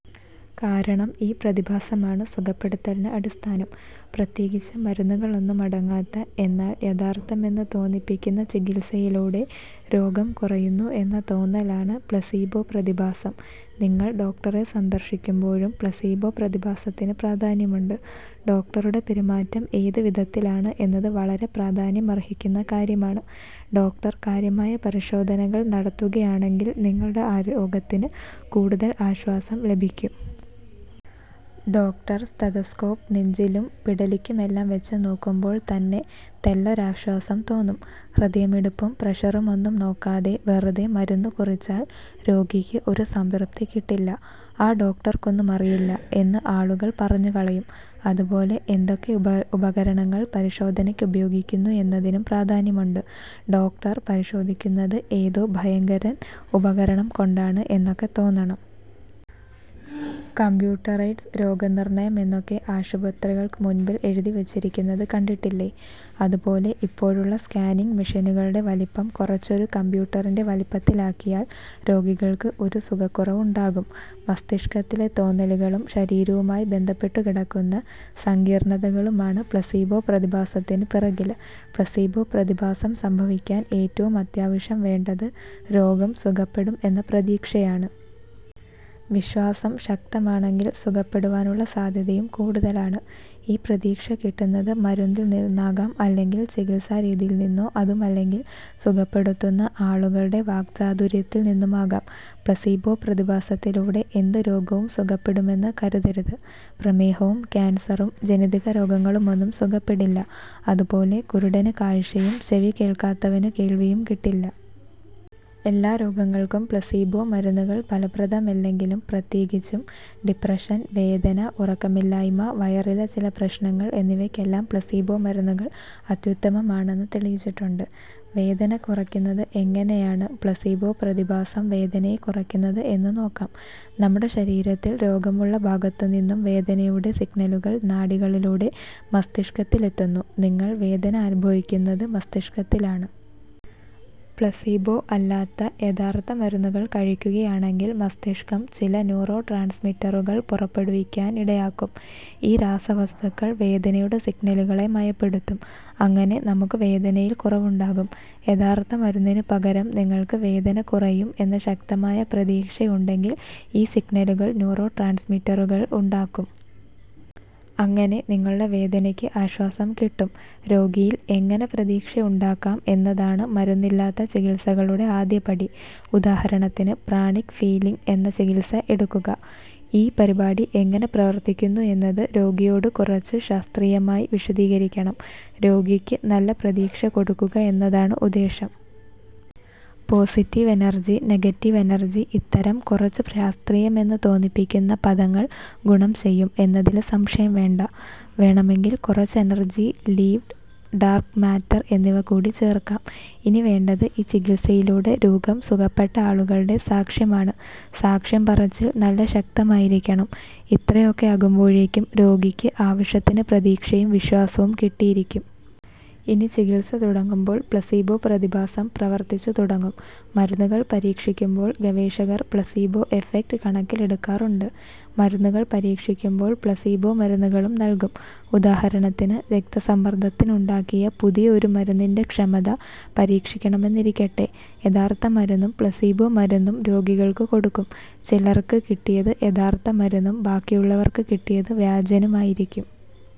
കാരണം ഈ പ്രതിഭാസമാണ് സുഖപ്പെടുത്തലിന് അടിസ്ഥാനം. പ്രത്യേകിച്ച് മരുന്നുകളൊന്നും അടങ്ങാത്ത, എന്നാല് യഥാര്ത്ഥമെന്നു തോന്നിപ്പിക്കുന്ന ചികിത്സയിലൂടെ രോഗം കുറയുന്നു എന്ന തോന്നലാണ് പ്ലെസീബോ പ്രതിഭാസം. നിങ്ങള് ഡോക്ടറെ സന്ദര്ശിക്കുമ്പോഴും പ്ലെസീബോ പ്രതിഭാസത്തിനു പ്രാധാന്യമുണ്ട്. ഡോക്ടരുടെ പെരുമാറ്റം ഏതുവിധത്തിലാണ് എന്നതു വളരെ പ്രാധാന്യമര്ഹിക്കുന്ന കാര്യമാണ്. ഡോക്ടര് കാര്യമായ പരിശോധനകള് നടത്തുകയാണെങ്കില് നിങ്ങളുടെ രോഗത്തിനു കൂടുതല് ആശ്വാസം ലഭിക്കും. ഡോക്ടര് സ്റ്റെതസ്കോപ്പ് നെഞ്ചിലും പിടലിക്കുമെല്ലാം വച്ചുനോക്കുമ്പോള് തന്നെ തെല്ലൊരാശ്വാസം തോന്നും. ഹൃദയമിടിപ്പും പ്രഷറുമൊന്നും നോക്കാതെ വെറുതെ മരുന്നുകുറിച്ചാല് രോഗിക്ക് ഒരു സംതൃപ്തി കിട്ടില്ല. 'ആ ഡോക്ടര്ക്ക് ഒന്നും അറിയില്ല' എന്ന് ആളുകള് പറഞ്ഞുകളയും. അതുപോലെ എന്തൊക്കെ ഉപകരണങ്ങള് പരിശോധനക്ക് ഉപയോഗിക്കുന്നു എന്നതിനും പ്രാധാന്യമുണ്ട്. ഡോക്ടര് പരിശോധിക്കുന്നത് ഏതോ ഭയങ്കരന് ഉപകരണം കൊണ്ടാണ് എന്നൊക്കെ തോന്നണം. കമ്പ്യൂട്ടറൈസ്ഡ് രോഗനിര്ണ്ണയം എന്നൊക്കെ ആശുപത്രകള്ക്ക് മുന്പില് എഴുതിവച്ചിരിക്കുന്നത് കണ്ടിട്ടില്ലേ. അതുപോലെ ഇപ്പോഴുള്ള സ്കാനിംഗ് മെഷിനുകളുടെ വലിപ്പം കുറച്ച് ഒരു കമ്പ്യൂട്ടറിന്റെ വലിപ്പത്തിലാക്കിയാല് രോഗികള്ക്ക് ഒരു സുഖക്കുറവുണ്ടാകും. മസ്തിഷ്കത്തിലെ തോന്നലുകളും ശരീരവുമായി ബന്ധപ്പെട്ടുകിടക്കുന്ന സങ്കീര്ണ്ണതകളുമാണ് പ്ലെസീബോ പ്രതിഭാസത്തിനു പിറകില്. പ്ലെസീബോ പ്രതിഭാസം സംഭവിക്കാന് ഏറ്റവും അത്യാവശ്യം വേണ്ടത് രോഗം സുഖപ്പെടും എന്ന പ്രതീക്ഷയാണ്. വിശ്വാസം ശക്തമാണെങ്കില് സുഖപ്പെടുവാനുള്ള സാധ്യതയും കൂടുതലാണ്. ഈ പ്രതീക്ഷ കിട്ടുന്നത് മരുന്നില്നിന്നാകാം അല്ലെങ്കില് ചികിത്സാ രീതിയില്നിന്നോ അതുമല്ലെങ്കില് സുഖപ്പെടുത്തുന്ന ആളുടെ വാക്ചാതുര്യത്തില് നിന്നുമാകാം. പ്ലെസീബോ പ്രതിഭാസത്തിലൂടെ എന്തു രോഗവും സുഖപ്പെടുമെന്ന് കരുതരുത്. പ്രമേഹവും ക്യാന്സറും ജനിതകരോഗങ്ങളുമൊന്നും സുഖപ്പെടില്ല. അതുപോലെ കുരുടന് കാഴ്ചയും ചെവി കേള്ക്കാത്തവനു കേള്വിയും കിട്ടില്ല. എല്ലാ രോഗങ്ങള്ക്കും പ്ലെസീബോ മരുന്നുകള് ഫലപ്രദമല്ലെങ്കിലും പ്രത്യേകിച്ചും ഡിപ്രഷന്, വേദന, ഉറക്കമില്ലായ്മ, വയറിലെ ചില പ്രശ്നങ്ങള് എന്നിവക്കെല്ലാം പ്ലെസീബോ മരുന്നുകള് അത്യുത്തമമാണെന്ന് തെളിയിച്ചിട്ടുണ്ട്. വേദന കുറയ്ക്കുന്നത് എങ്ങനെയാണ് പ്ലെസീബോ പ്രതിഭാസം വേദനയെ കുറക്കുന്നത് എന്നുനോക്കാം. നമ്മുടെ ശരീരത്തില് രോഗമുള്ള ഭാഗത്തുനിന്നും വേദനയുടെ സിഗ്നലുകള് നാഡികളിലൂടെ മസ്തിഷ്കത്തിലെത്തുന്നു. നിങ്ങള് വേദന അനുഭവിക്കുന്നത് മസ്തിഷ്കത്തിലാണ്. പ്ലെസീബോ അല്ലാത്ത യഥാര്ത്ഥ മരുന്നുകള് കഴിക്കുകയാണെങ്കില് മസ്തിഷ്കം ചില ന്യൂറോട്രാന്സ്മിറ്ററുകള് പുറപ്പെടുവിക്കാന് ഇടയാക്കും. ഈ രാസവസ്തുക്കള് വേദനയുടെ സിഗ്നലുകളെ മയപ്പെടുത്തും. അങ്ങനെ നമുക്ക് വേദനയില് കുറവുണ്ടാകും. യഥാര്ത്ഥ മരുന്നിനു പകരം നിങ്ങള്ക്ക് വേദന കുറയും എന്ന ശക്തമായ പ്രതീക്ഷ ഉണ്ടെങ്കില് ഈ സിഗ്നലുകള് ന്യൂറോട്രാന്സ്മിറ്ററുകള് ഉണ്ടാക്കും. അങ്ങനെ നിങ്ങളുടെ വേദനക്ക് ആശ്വാസം കിട്ടും. രോഗിയില് എങ്ങനെ പ്രതീക്ഷ ഉണ്ടാക്കാം എന്നതാണ് മരുന്നില്ലാത്ത ചികിത്സകളുടെ ആദ്യ പടി. ഉദാഹരണത്തിന് പ്രാണിക് ഹീലിംഗ് എന്ന ചികിത്സ എടുക്കുക. ഈ പരിപാടി എങ്ങനെ പ്രവര്ത്തിക്കുന്നു എന്നത് രോഗിയോട് കുറച്ചു 'ശാസ്ത്രീയമായി' വിശദീകരിക്കണം. രോഗിക്ക് നല്ല പ്രതീക്ഷ കൊടുക്കുക എന്നതാണ് ഉദ്ദേശം. പോസിറ്റീവ് എനര്ജി, നെഗറ്റീവ് എനര്ജി, ഇത്തരം കുറച്ചു ശാസ്ത്രീയമെന്നു തോന്നിപ്പിക്കുന്ന പദങ്ങള് ഗുണം ചെയ്യും എന്നതില് സംശയം വേണ്ട. വേണമെങ്കില് കുറച്ചു എനര്ജി ഫീല്ഡ്, ഡാര്ക്ക് മാറ്റര് എന്നിവകൂടി ചേര്ക്കാം. ഇനി വേണ്ടത് ഈ ചികിത്സയിലൂടെ രോഗം സുഖപ്പെട്ട ആളുകളുടെ സാക്ഷ്യമാണ്. സാക്ഷ്യം പറച്ചില് നല്ല ശക്തമായിരിക്കണം. ഇത്രയൊക്കെ ആകുമ്പോഴേക്കും രോഗിക്ക് ആവശ്യത്തിനു പ്രതീക്ഷയും വിശ്വാസവും കിട്ടിയിരിക്കും. ഇനി ചികിത്സ തുടങ്ങുമ്പോള് പ്ലെസീബോ പ്രതിഭാസം പ്രവര്ത്തിച്ചുതുടങ്ങും. മരുന്നുകള് പരീക്ഷിക്കുമ്പോള് ഗവേഷകര് പ്ലെസീബോ എഫ്ഫെക്റ്റ് കണക്കിലെടുക്കാറുണ്ട്. മരുന്നുകള് പരീക്ഷിക്കുമ്പോള് പ്ലെസീബോ മരുന്നുകളും നല്കും. ഉദാഹരണത്തിന് രക്സ്തസമ്മര്ദ്ദത്തിനു ഉണ്ടാക്കിയ പുതിയ ഒരു മരുന്നിന്റെ ക്ഷമത പരീക്ഷിക്കണമെന്നിരിക്കട്ടെ. യഥാര്ത്ഥ മരുന്നും പ്ലെസീബോ മരുന്നും രോഗികള്ക്ക് കൊടുക്കും. ചിലര്ക്ക് കിട്ടിയത് യഥാര്ത്ഥ മരുന്നും ബാക്കിയുള്ളവര്ക്ക് കിട്ടിയതു വ്യാജനും ആയിരിക്കും.